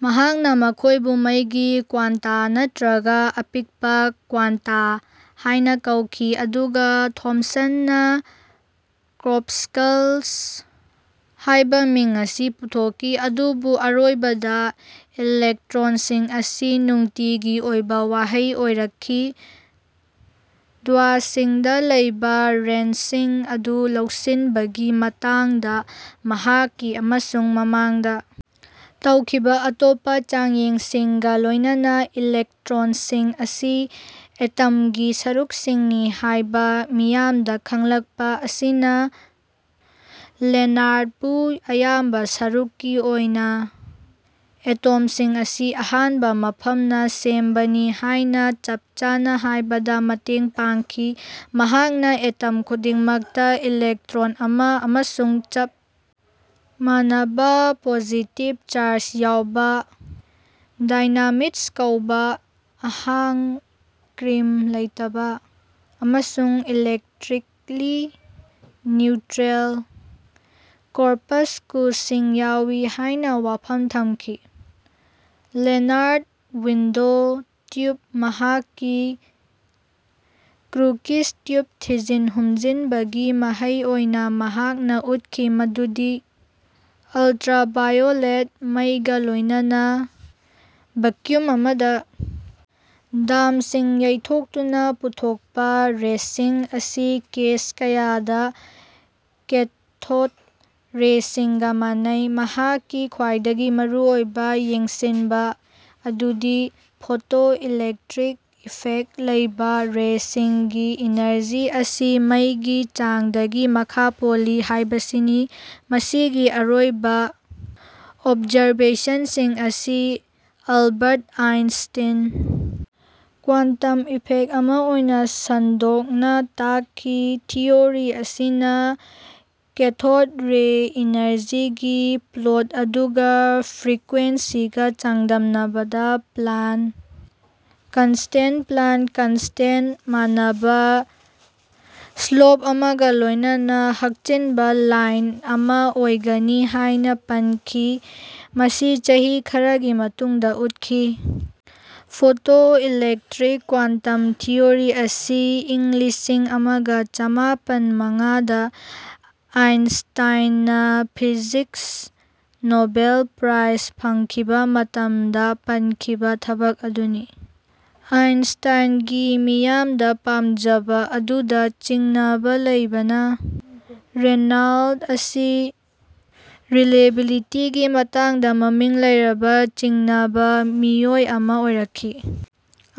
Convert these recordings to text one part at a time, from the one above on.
ꯃꯍꯥꯛꯅ ꯃꯈꯣꯏꯕꯨ ꯃꯩꯒꯤ ꯀ꯭ꯋꯥꯟꯇꯥ ꯅꯠꯇ꯭ꯔꯒ ꯑꯄꯤꯛꯄ ꯀ꯭ꯋꯥꯟꯇꯥ ꯍꯥꯏꯅ ꯀꯧꯈꯤ ꯑꯗꯨꯒ ꯊꯣꯝꯁꯟꯅ ꯀꯣꯔꯄꯁꯀꯜꯁ ꯍꯥꯏꯕ ꯃꯤꯡ ꯑꯁꯤ ꯄꯨꯊꯣꯛꯈꯤ, ꯑꯗꯨꯕꯨ ꯑꯔꯣꯏꯕꯗ ꯏꯂꯦꯛꯇ꯭ꯔꯣꯟꯁꯤꯡ ꯑꯁꯤ ꯅꯨꯡꯇꯤꯒꯤ ꯑꯣꯏꯕ ꯋꯥꯍꯩ ꯑꯣꯏꯔꯛꯈꯤ꯫ ꯙꯥꯋꯁꯤꯡꯗ ꯂꯩꯕ ꯔꯦꯟꯁꯤꯡ ꯑꯗꯨ ꯂꯧꯁꯤꯟꯕꯒꯤ ꯃꯇꯥꯡꯗ ꯃꯍꯥꯛꯀꯤ ꯑꯃꯁꯨꯡ ꯃꯃꯥꯡꯗ ꯇꯧꯈꯤꯕ ꯑꯇꯣꯞꯄ ꯆꯥꯡꯌꯦꯡꯁꯤꯡꯒ ꯂꯣꯏꯅꯅꯥ, ꯏꯂꯦꯛꯇ꯭ꯔꯣꯟꯁꯤꯡ ꯑꯁꯤ ꯑꯦꯇꯝꯒꯤ ꯁꯔꯨꯛꯁꯤꯡꯅꯤ ꯍꯥꯏꯕ ꯃꯤꯌꯥꯝꯗ ꯈꯪꯂꯛꯄ ꯑꯁꯤꯅ ꯂꯦꯅꯥꯔ꯭ꯗꯕꯨ ꯑꯌꯥꯝꯕ ꯁꯔꯨꯛꯀꯤ ꯑꯣꯏꯅ ꯑꯦꯇꯣꯝꯁꯤꯡ ꯑꯁꯤ ꯑꯍꯥꯡꯕ ꯃꯐꯝꯅ ꯁꯦꯝꯕꯅꯤ ꯍꯥꯏꯅ ꯆꯞꯆꯥꯅ ꯍꯥꯏꯕꯗ ꯃꯇꯦꯡ ꯄꯥꯡꯈꯤ꯫ ꯃꯍꯥꯛꯅ ꯑꯦꯇꯝ ꯈꯨꯗꯤꯡꯃꯛꯇ ꯏꯂꯦꯛꯇ꯭ꯔꯣꯟ ꯑꯃꯥ ꯑꯃꯁꯨꯡ ꯆꯞ ꯃꯥꯟꯅꯕ ꯄꯣꯖꯤꯇꯤꯕ ꯆꯥꯔꯖ ꯌꯥꯎꯕ "ꯗꯥꯏꯅꯥꯃꯤꯗꯁ"ꯀꯧꯕ ꯑꯍꯥꯡ ꯀꯔꯤꯝ ꯂꯩꯇꯕ ꯑꯃꯁꯨꯡ ꯏꯂꯦꯛꯇ꯭ꯔꯤꯛꯂꯤ ꯅ꯭ꯌꯨꯇꯔꯦꯜ ꯀꯣꯔꯄꯁꯀꯨꯜꯁꯤꯡ ꯌꯥꯎꯏ ꯍꯥꯏꯅ ꯋꯥꯐꯝ ꯊꯝꯈꯤ꯫ ꯂꯦꯅꯥꯔ꯭ꯗ ꯋꯤꯟꯗꯣ ꯇ꯭ꯌꯨꯞ ꯃꯍꯥꯛꯀꯤ ꯀꯔꯨꯀꯤꯁ ꯇ꯭ꯌꯨꯞ ꯊꯤꯖꯤꯟ-ꯍꯨꯝꯖꯤꯟꯕꯒꯤ ꯃꯍꯩ ꯑꯣꯏꯅ, ꯃꯍꯥꯛꯅ ꯎꯠꯈꯤ ꯃꯗꯨꯗꯤ ꯑꯜꯇ꯭ꯔꯥꯚꯥꯏꯑꯣꯂꯦꯠ ꯃꯩꯒ ꯂꯣꯏꯅꯅ ꯚꯀ꯭ꯌꯨꯝ ꯑꯃꯗ ꯙꯥꯝꯁꯤꯡ ꯌꯩꯊꯣꯛꯇꯨꯅ ꯄꯨꯊꯣꯛꯄ ꯔꯦꯁꯤꯡ ꯑꯁꯤ ꯀꯦꯁ ꯀꯌꯥꯗ ꯀꯦꯊꯣꯗ ꯔꯦꯁꯤꯡꯒ ꯃꯥꯟꯅꯩ꯫ ꯃꯍꯥꯛꯀꯤ ꯈ꯭ꯋꯥꯏꯗꯒꯤ ꯃꯔꯨꯑꯣꯏꯕ ꯌꯦꯡꯁꯤꯟꯕ ꯑꯗꯨꯗꯤ ꯐꯣꯇꯣ ꯏꯂꯦꯛꯇ꯭ꯔꯤꯛ ꯏꯐꯦꯛ ꯂꯩꯕ ꯔꯦꯁꯤꯡꯒꯤ ꯏꯅꯔꯖꯤ ꯑꯁꯤ ꯃꯩꯒꯤ ꯆꯥꯡꯗꯒꯤ ꯃꯈꯥ ꯄꯣꯜꯂꯤ ꯍꯥꯏꯕꯁꯤꯅꯤ꯫ ꯃꯁꯤꯒꯤ ꯑꯔꯣꯏꯕ ꯑꯣꯞꯖꯔꯕꯦꯁꯟꯁꯤꯡ ꯑꯁꯤ ꯑꯜꯕꯥꯔꯠ ꯑꯥꯏꯟꯁꯇꯤꯟ ꯀ꯭ꯋꯥꯟꯇꯝ ꯏꯐꯦꯛ ꯑꯃ ꯑꯣꯏꯅ ꯁꯟꯗꯣꯛꯅ ꯇꯥꯛꯈꯤ꯫ ꯊꯤꯑꯣꯔꯤ ꯑꯁꯤꯅ ꯀꯦꯊꯣꯗ ꯔꯦ ꯏꯅꯔꯖꯤꯒꯤ ꯄ꯭ꯂꯣꯠ ꯑꯗꯨꯒ ꯐ꯭ꯔꯤꯀ꯭ꯌꯦꯟꯁꯤꯒ ꯆꯥꯡꯗꯝꯅꯕꯗ ꯄ꯭ꯂꯥꯟ ꯀꯟꯁꯇꯦꯟꯄ꯭ꯂꯥꯟ ꯀꯟꯁꯇꯦꯟ, ꯃꯥꯟꯅꯕ ꯁ꯭ꯂꯣꯞ ꯑꯃꯒ ꯂꯣꯏꯅꯅ ꯍꯛꯆꯤꯟꯕ ꯂꯥꯏꯟ ꯑꯃ ꯑꯣꯏꯒꯅꯤ ꯍꯥꯏꯅ ꯄꯥꯟꯈꯤ꯫ ꯃꯁꯤ ꯆꯍꯤ ꯈꯔꯒꯤ ꯃꯇꯨꯡꯗ ꯎꯠꯈꯤ꯫ ꯐꯣꯇꯣ-ꯏꯂꯦꯛꯇ꯭ꯔꯤꯛ ꯀ꯭ꯋꯥꯟꯇꯝ ꯊꯤꯑꯣꯔꯤ ꯑꯁꯤ ꯏꯪ ꯂꯤꯁꯤꯡ ꯑꯃꯒ ꯆꯥꯃꯄꯟꯃꯉꯥꯗ ꯑꯥꯏꯟꯁꯇꯥꯢꯟꯅ ꯐꯤꯖꯤꯛꯁ ꯅꯣꯕꯦꯜ ꯄ꯭ꯔꯥꯏꯖ ꯐꯪꯈꯤꯕ ꯃꯇꯝꯗ ꯄꯟꯈꯤꯕ ꯊꯕꯛ ꯑꯗꯨꯅꯤ꯫ ꯑꯥꯏꯟꯁꯇꯥꯏꯟꯒꯤ ꯃꯤꯌꯥꯝꯗ ꯄꯥꯝꯖꯕ ꯑꯗꯨꯗ ꯆꯤꯡꯅꯕ ꯂꯩꯕꯅ, ꯂꯦꯅꯥꯔ꯭ꯗ ꯑꯁꯤ ꯔꯤꯂꯦꯇꯤꯚꯤꯇꯤꯒꯤ ꯃꯇꯥꯡꯗ ꯃꯃꯤꯡ ꯂꯩꯔꯕ ꯆꯤꯡꯅꯕ ꯃꯤꯑꯣꯏ ꯑꯃ ꯑꯣꯏꯔꯛꯈꯤ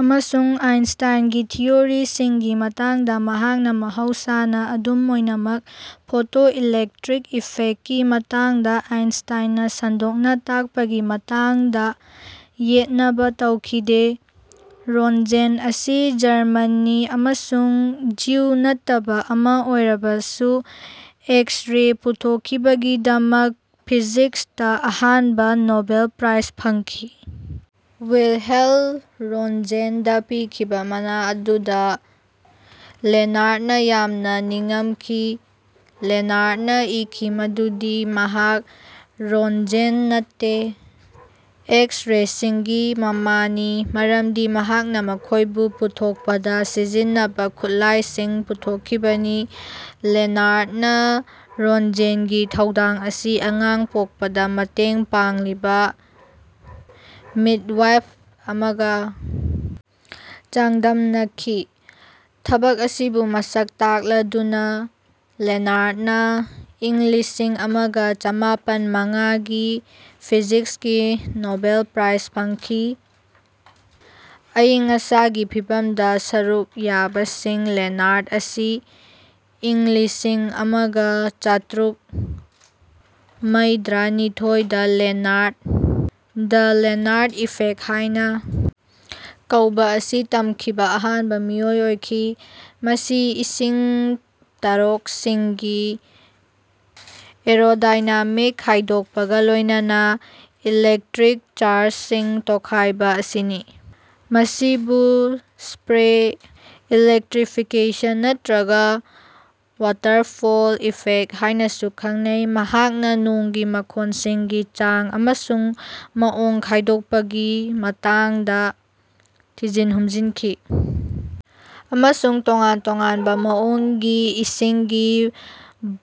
ꯑꯃꯁꯨꯡ ꯑꯥꯏꯟꯁꯇꯥꯢꯟꯒꯤ ꯊꯤꯑꯣꯔꯤꯁꯤꯡꯒꯤ ꯃꯇꯥꯡꯗ ꯃꯍꯥꯛꯅ ꯃꯍꯧꯁꯥꯅ ꯑꯗꯨꯝ ꯑꯣꯏꯅꯃꯛ ꯐꯣꯇꯣ ꯏꯂꯦꯛꯇ꯭ꯔꯤꯛ ꯏꯐꯦꯛꯀꯤ ꯃꯇꯥꯡꯗ ꯑꯥꯏꯟꯁꯇꯥꯢꯟꯅ ꯁꯟꯗꯣꯛꯅ ꯇꯥꯛꯄꯒꯤ ꯃꯇꯥꯡꯗ ꯌꯦꯠꯅꯕ ꯇꯧꯈꯤꯗꯦ꯫ ꯔꯣꯟꯖꯦꯟ ꯑꯁꯤ ꯖꯔꯃꯟꯅꯤ ꯑꯃꯁꯨꯡ ꯖ꯭ꯌꯨ ꯅꯠꯇꯕ ꯑꯃ ꯑꯣꯏꯔꯕꯁꯨ, ꯑꯦꯛꯁ-ꯔꯦ ꯄꯨꯊꯣꯛꯈꯤꯕꯒꯤꯗꯃꯛ, ꯐꯤꯖꯤꯛꯁꯇ ꯑꯍꯥꯟꯕ ꯅꯣꯕꯦꯜ ꯄ꯭ꯔꯥꯏꯖ ꯐꯪꯈꯤꯕ, ꯋꯤꯜꯍꯦꯜ ꯔꯣꯟꯖꯦꯟꯗ ꯄꯤꯈꯤꯕ ꯃꯅꯥ ꯑꯗꯨꯗ ꯂꯦꯅꯥꯔ꯭ꯗꯅ ꯌꯥꯝꯅ ꯅꯤꯡꯉꯝꯈꯤ꯫ ꯂꯦꯅꯥꯔ꯭ꯗꯅ ꯏꯈꯤ ꯃꯗꯨꯗꯤ ꯃꯍꯥꯛ ꯔꯣꯟꯖꯦꯟ ꯅꯠꯇꯦ, "ꯑꯦꯛꯁ-ꯔꯦꯁꯤꯡꯒꯤ ꯃꯃꯥ"ꯅꯤ ꯃꯔꯝꯗꯤ ꯃꯍꯥꯛꯅ ꯃꯈꯣꯏꯕꯨ ꯄꯨꯊꯣꯛꯄꯗ ꯁꯤꯖꯤꯟꯅꯕ ꯈꯨꯠꯂꯥꯏꯁꯤꯡ ꯄꯨꯊꯣꯛꯈꯤꯕꯅꯤ꯫ ꯂꯦꯅꯥꯔ꯭ꯗꯅ ꯔꯣꯟꯖꯦꯟꯒꯤ ꯊꯧꯗꯥꯡ ꯑꯁꯤ ꯑꯉꯥꯡ ꯄꯣꯛꯄꯗ ꯃꯇꯦꯡ ꯄꯥꯡꯂꯤꯕ "ꯃꯤꯗꯋꯥꯏꯐ" ꯑꯃꯒ ꯆꯥꯡꯗꯝꯅꯈꯤ꯫ ꯊꯕꯛ ꯑꯁꯤꯕꯨ ꯃꯁꯛ ꯇꯥꯛꯂꯗꯨꯅ ꯂꯦꯅꯥꯔ꯭ꯗꯅ ꯏꯪ ꯂꯤꯁꯤꯡ ꯑꯃꯒ ꯆꯥꯃꯄꯟ ꯃꯉꯥꯒꯤ ꯐꯤꯖꯤꯛꯁꯀꯤ ꯅꯣꯕꯦꯜ ꯄ꯭ꯔꯥꯏꯖ ꯐꯪꯈꯤ꯫ ꯑꯏꯪ ꯑꯁꯥꯒꯤ ꯐꯤꯕꯝꯗ ꯁꯔꯨꯛ ꯌꯥꯕꯁꯤꯡ ꯂꯦꯅꯥꯔ꯭ꯗ ꯑꯁꯤ ꯏꯪ ꯂꯤꯁꯤꯡ ꯑꯃꯒ ꯆꯥꯇ꯭ꯔꯨꯛ ꯃꯩꯗ꯭ꯔꯥꯅꯤꯊꯣꯢ the Lenard "the Lenard effect" ꯍꯥꯏꯅ ꯀꯧꯕ ꯑꯁꯤ ꯇꯝꯈꯤꯕ ꯑꯍꯥꯟꯕ ꯃꯤꯑꯣꯏ ꯑꯣꯏꯈꯤ꯫ ꯃꯁꯤ ꯏꯁꯤꯡ ꯇꯥꯔꯣꯛꯁꯤꯡꯒꯤ ꯑꯦꯔꯣꯗꯥꯏꯅꯥꯃꯤꯛ ꯈꯥꯏꯗꯣꯛꯄꯒ ꯂꯣꯏꯅꯅ ꯏꯂꯦꯛꯇ꯭ꯔꯤꯛ ꯆꯥꯔꯖꯁꯤꯡ ꯇꯣꯈꯥꯏꯕ ꯑꯁꯤꯅꯤ꯫ ꯃꯁꯤꯕꯨ ꯁ꯭ꯄꯔꯦ ꯏꯂꯦꯛꯇ꯭ꯔꯤꯐꯤꯀ꯭ꯌꯦꯁꯟ ꯅꯠꯇ꯭ꯔꯒ ꯋꯥꯇꯔꯐꯣꯜ ꯏꯐꯦꯛ ꯍꯥꯏꯅꯁꯨ ꯈꯪꯅꯩ꯫ ꯃꯍꯥꯛꯅ ꯅꯣꯡꯒꯤ ꯃꯈꯣꯟꯁꯤꯡꯒꯤ ꯆꯥꯡ ꯑꯃꯁꯨꯡ ꯃꯑꯣꯡ ꯈꯥꯏꯗꯣꯛꯄꯒꯤ ꯃꯇꯥꯡꯗ ꯊꯤꯖꯤꯟ-ꯍꯨꯝꯖꯤꯟꯈꯤ ꯑꯃꯁꯨꯡ ꯇꯣꯉꯥꯟ-ꯇꯣꯉꯥꯟꯕ ꯃꯑꯣꯡꯒꯤ ꯏꯁꯤꯡꯒꯤ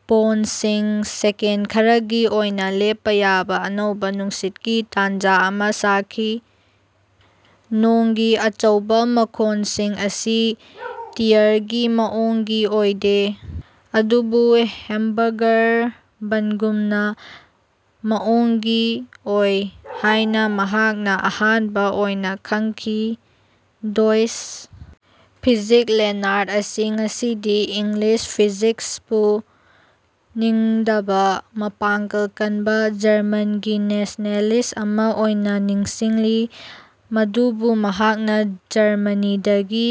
ꯕꯣꯟꯁꯤꯡ ꯁꯦꯀꯦꯟ ꯈꯔꯒꯤ ꯑꯣꯏꯅ ꯂꯦꯞꯄ ꯌꯥꯕ ꯑꯅꯧꯕ ꯅꯨꯡꯁꯤꯠꯀꯤ ꯇꯥꯟꯖ ꯑꯃ ꯁꯥꯈꯤ꯫ ꯅꯣꯡꯒꯤ ꯑꯆꯧꯕ ꯃꯈꯣꯟꯁꯤꯡ ꯑꯁꯤ ꯇꯤꯌꯔꯒꯤ ꯃꯑꯣꯡꯒꯤ ꯑꯣꯏꯗꯦ, ꯑꯗꯨꯕꯨ ꯍꯦꯝꯕꯔꯒꯔ ꯕꯟꯒꯨꯝꯅ ꯃꯑꯣꯡꯒꯤ ꯑꯣꯏ ꯍꯥꯏꯅ ꯃꯍꯥꯛꯅ ꯑꯍꯥꯟꯕ ꯑꯣꯏꯅ ꯈꯪꯈꯤ꯫ ꯗꯣꯏꯆ ꯐꯤꯖꯤꯛ ꯂꯦꯅꯥꯔ꯭ꯗ ꯑꯁꯤ ꯉꯁꯤꯗꯤ "ꯏꯪꯂꯤꯁ ꯐꯤꯖꯤꯛꯁ"ꯕꯨ ꯅꯤꯡꯗꯕ ꯃꯄꯥꯡꯒꯜ ꯀꯟꯕ ꯖꯔꯃꯟꯒꯤ ꯅꯦꯁꯅꯦꯂꯤꯁ ꯑꯃꯥ ꯑꯣꯏꯅ ꯅꯤꯡꯁꯤꯡꯂꯤ, ꯃꯗꯨꯕꯨ ꯃꯍꯥꯛꯅ ꯖꯔꯃꯅꯤꯗꯒꯤ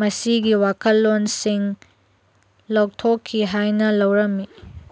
ꯃꯁꯤꯒꯤ ꯋꯥꯈꯜꯂꯣꯟꯁꯤꯡ ꯂꯧꯊꯣꯛꯈꯤ ꯍꯥꯏꯅ ꯂꯧꯔꯝꯃꯤ꯫"